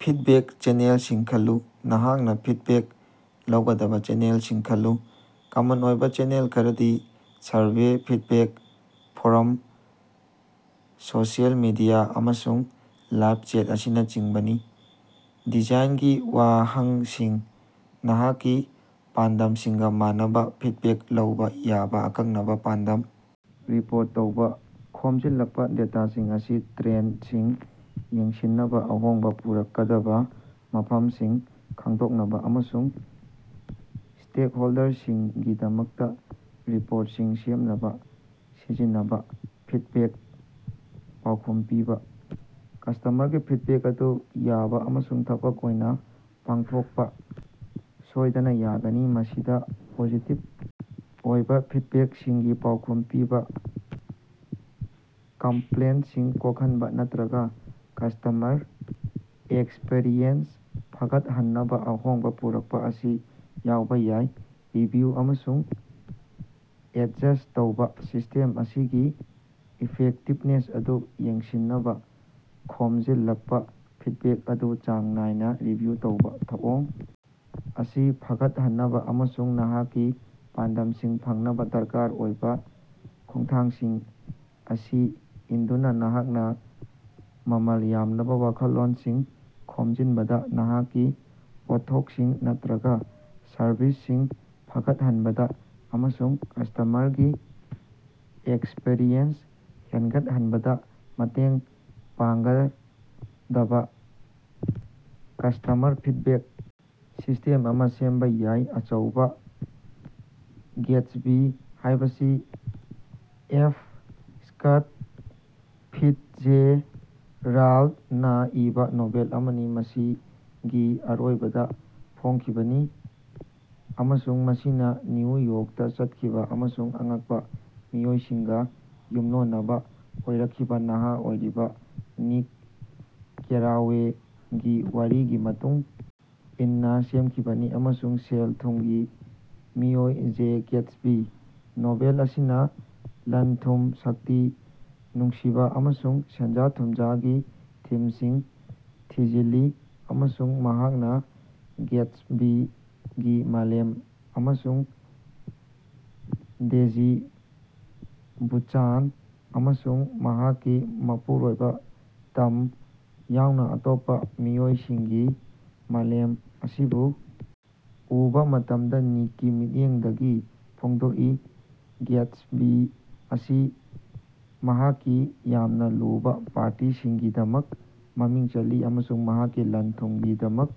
Feedback ꯆꯦꯅꯦꯜꯁꯤꯡ ꯈꯜꯂꯨ - ꯅꯍꯥꯛꯅ ꯐꯤꯗꯕꯦꯛ ꯂꯧꯒꯗꯕ ꯆꯦꯅꯦꯜꯁꯤꯡ ꯈꯜꯂꯨ꯫ ꯀꯃꯟ ꯑꯣꯏꯕ ꯆꯦꯅꯦꯜ ꯈꯔꯗꯤ survey, feedback form, social media, ꯑꯃꯁꯨꯡ ꯂꯥꯏ꯭ꯕ ꯆꯦꯠ ꯑꯁꯤꯅꯆꯤꯡꯕꯅꯤ꯫ ꯗꯤꯖꯥꯏꯟꯒꯤ ꯋꯥꯍꯪꯁꯤꯡ - ꯅꯍꯥꯛꯀꯤ ꯄꯥꯟꯗꯝꯁꯤꯡꯒ ꯃꯥꯟꯅꯕꯥ ꯐꯤꯗꯕꯦꯛ ꯂꯧꯕ ꯌꯥꯕ ꯑꯀꯛꯅꯕ, ꯄꯥꯟꯗꯝ ꯔꯤꯄꯣꯔꯠ ꯇꯧꯕ - ꯈꯣꯝꯖꯤꯜꯂꯛꯄ ꯗꯦꯇꯥꯁꯤꯡ ꯑꯁꯤ ꯇ꯭ꯔꯦꯟꯗꯁꯤꯡ ꯌꯦꯡꯁꯤꯟꯅꯕꯥ, ꯑꯍꯣꯡꯕ ꯄꯨꯔꯛꯀꯗꯕꯥ ꯃꯐꯝꯁꯤꯡ ꯈꯪꯗꯣꯛꯅꯕ ꯑꯃꯁꯨꯡ ꯁ꯭ꯇꯦꯛꯍꯣꯜꯗꯔꯁꯤꯡꯒꯤꯗꯃꯛꯇ ꯔꯤꯄꯣ꯭ꯔꯠꯁꯤꯡ ꯁꯦꯝꯅꯕ ꯁꯤꯖꯤꯟꯅꯕꯥ꯫ ꯐꯤꯗꯕꯦꯛꯇ ꯄꯥꯎꯈꯨꯝ ꯄꯤꯕ - ꯀꯁ꯭ꯇꯃꯔꯒꯤ ꯐꯤꯗꯕꯦꯛ ꯑꯗꯨ ꯌꯥꯕ ꯑꯃꯁꯨꯡ ꯊꯕꯛ ꯑꯣꯏꯅ ꯄꯥꯡꯊꯣꯛꯄ ꯁꯣꯏꯗꯅ ꯌꯥꯒꯅꯤ꯫ ꯃꯁꯤꯗ ꯄꯣꯖꯤꯇꯤꯚ ꯑꯣꯏꯕ ꯐꯤꯗꯕꯦꯛꯁꯤꯡꯒꯤ ꯄꯥꯎꯈꯨꯝ ꯄꯤꯕ, ꯀꯝꯄ꯭ꯂꯦꯟꯇꯁꯤꯡ ꯀꯣꯛꯍꯟꯕ ꯅꯠꯇꯔꯒ ꯀꯁ꯭ꯇꯃꯔ ꯑꯦꯛꯁꯄꯤꯔꯤꯑꯦꯟꯁ ꯐꯒꯠꯍꯟꯅꯕꯥ ꯑꯍꯣꯡꯕ ꯄꯨꯔꯛꯄ ꯑꯁꯤ ꯌꯥꯎꯕ ꯌꯥꯏ꯫ ꯔꯤꯚꯤꯌꯨ ꯑꯃꯁꯨꯡ ꯑꯦꯗꯖꯁ꯭ꯠ ꯇꯧꯕ - ꯁꯤꯁꯇꯦꯝ ꯑꯁꯤꯒꯤ ꯏꯐꯦꯛꯇꯤꯕꯅꯦꯁ ꯑꯗꯨ ꯌꯦꯡꯁꯤꯟꯅꯕ ꯈꯣꯝꯖꯤꯜꯂꯛꯄ ꯐꯤꯗꯕꯦꯛ ꯑꯗꯨ ꯆꯥꯡ ꯅꯥꯏꯅꯥ ꯔꯤꯚꯤꯌꯨ ꯇꯧꯕ꯫ ꯊꯧꯑꯣꯡ ꯑꯁꯤ ꯐꯒꯠꯍꯟꯅꯕꯥ ꯑꯃꯁꯨꯡ ꯅꯍꯥꯛꯀꯤ ꯄꯥꯟꯗꯝꯁꯤꯡ ꯐꯪꯅꯕ ꯗꯔꯀꯥꯔ ꯑꯣꯏꯕ ꯑꯍꯣꯡꯕ‌ ꯑꯃ ꯍꯦꯛꯇ ꯄꯨꯔꯛꯎ꯫ ꯈꯣꯡꯊꯥꯡꯁꯤꯡ ꯑꯁꯤ ꯏꯟꯗꯨꯅ, ꯅꯍꯥꯛꯅ ꯃꯃꯜ ꯌꯥꯝꯂꯥꯕ ꯋꯥꯈꯜꯂꯣꯟꯁꯤꯡ ꯈꯣꯝꯖꯤꯟꯕꯗꯥ, ꯅꯍꯥꯛꯀꯤ ꯄꯣꯠꯊꯣꯛꯁꯤꯡ ꯅꯠꯇꯔꯒ ꯁꯔꯚꯤꯁꯁꯤꯡ ꯐꯒꯠꯍꯟꯕꯗꯥ ꯑꯃꯁꯨꯡ ꯀꯁ꯭ꯇꯃꯔꯒꯤ ꯑꯦꯛꯁꯄꯤꯔꯤꯑꯦꯟꯁ ꯍꯦꯟꯒꯠꯍꯟꯕꯥꯗ ꯃꯇꯦꯡ ꯄꯥꯡꯒꯗꯕꯥ ꯀꯁ꯭ꯇꯃꯔ ꯐꯤꯗꯕꯦꯛ ꯁꯤꯁꯇꯦꯝ ꯑꯃ ꯁꯦꯝꯕ ꯌꯥꯏ꯫ ꯑꯆꯧꯕ ꯒ꯭ꯌꯥꯠꯁꯕꯤ ꯍꯥꯏꯕꯁꯤ ꯑꯦꯐ ꯁ꯭ꯀꯠ ꯐꯤꯠꯖꯦꯔꯥꯜꯗꯅꯥ ꯏꯕ ꯅꯣꯚꯦꯜ ꯑꯃꯅꯤ, ꯃꯁꯤ ꯒꯤ ꯑꯔꯣꯏꯕꯗꯥ ꯐꯣꯡꯈꯤꯕꯅꯤ ꯑꯃꯁꯨꯡ ꯃꯁꯤꯅ ꯅ꯭ꯌꯨ ꯌꯣ꯭ꯔꯛꯇꯥ ꯆꯠꯈꯤꯕ ꯑꯃꯁꯨꯡ ꯑꯉꯛꯄ ꯃꯤꯑꯣꯏꯁꯤꯡꯒ ꯌꯨꯝꯂꯣꯟꯅꯕ ꯑꯣꯏꯔꯛꯈꯤꯕ ꯅꯍꯥ ꯑꯣꯏꯔꯤꯕ ꯅꯤꯛ ꯀꯦꯔꯥꯋꯦꯒꯤ ꯋꯥꯔꯤꯒꯤ ꯃꯇꯨꯡ ꯏꯟꯅ ꯁꯦꯝꯈꯤꯕꯅꯤ ꯑꯃꯁꯨꯡ ꯁꯦꯜ ꯊꯨꯝꯒꯤ ꯃꯤꯑꯣꯏ ꯖꯦ ꯒ꯭ꯌꯥꯠꯁꯕꯤ꯫ ꯅꯣꯚꯦꯜ ꯑꯁꯤꯅ ꯂꯟ-ꯊꯨꯝ, ꯁꯛꯇꯤ, ꯅꯨꯡꯁꯤꯕ ꯑꯃꯁꯨꯡ ꯁꯦꯟꯖꯥ-ꯊꯨꯝꯖꯥꯒꯤ ꯊꯤꯝꯁꯤꯡ ꯊꯤꯖꯤꯜꯂꯤ ꯑꯃꯁꯨꯡ ꯃꯍꯥꯛꯅ ꯒ꯭ꯌꯥꯇꯁꯕꯤꯒꯤ ꯃꯥꯂꯦꯝ ꯑꯃꯁꯨꯡ ꯗꯦꯖꯤ ꯕꯨꯆꯥꯅꯟ ꯑꯃꯁꯨꯡ ꯃꯍꯥꯛꯀꯤ ꯃꯄꯨꯔꯣꯏꯕ ꯇꯝ ꯌꯥꯎꯅ ꯑꯇꯣꯞꯄ ꯃꯤꯑꯣꯏꯁꯤꯡꯒꯤ ꯃꯥꯂꯦꯝ ꯑꯁꯤꯕꯨ ꯎꯕꯥ ꯃꯇꯝꯗ ꯅꯤꯛꯀꯤ ꯃꯤꯠꯌꯦꯡꯗꯒꯤ ꯐꯣꯡꯗꯣꯛꯏ꯫ ꯒ꯭ꯌꯥꯇꯁꯕꯤ ꯑꯁꯤ ꯃꯍꯥꯛꯀꯤ ꯌꯥꯝꯅ ꯂꯨꯕ ꯄꯥꯔꯇꯤꯁꯤꯡꯒꯤꯗꯃꯛ ꯃꯃꯤꯡ ꯆꯠꯂꯤ ꯑꯃꯁꯨꯡ ꯃꯍꯥꯛꯀꯤ ꯂꯟ-ꯊꯨꯝꯒꯤꯗꯃꯛ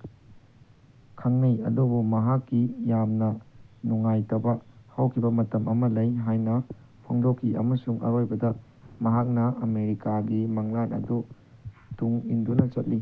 ꯈꯪꯅꯩ ꯑꯗꯨꯕꯨ ꯃꯍꯥꯛꯀꯤ ꯌꯥꯝꯅ ꯅꯨꯡꯉꯥꯏꯇꯕꯥ ꯍꯧꯈꯤꯕ ꯃꯇꯝ ꯑꯃ ꯂꯩ ꯍꯥꯏꯅ ꯐꯣꯡꯗꯣꯛꯈꯤ ꯑꯃꯁꯨꯡ ꯑꯔꯣꯏꯕꯗꯥ ꯃꯍꯥꯛꯅ ꯑꯃꯦꯔꯤꯀꯥꯒꯤ ꯃꯪꯂꯥꯟ ꯑꯗꯨ ꯇꯨꯡ ꯏꯟꯗꯨꯅ ꯆꯠꯂꯤ꯫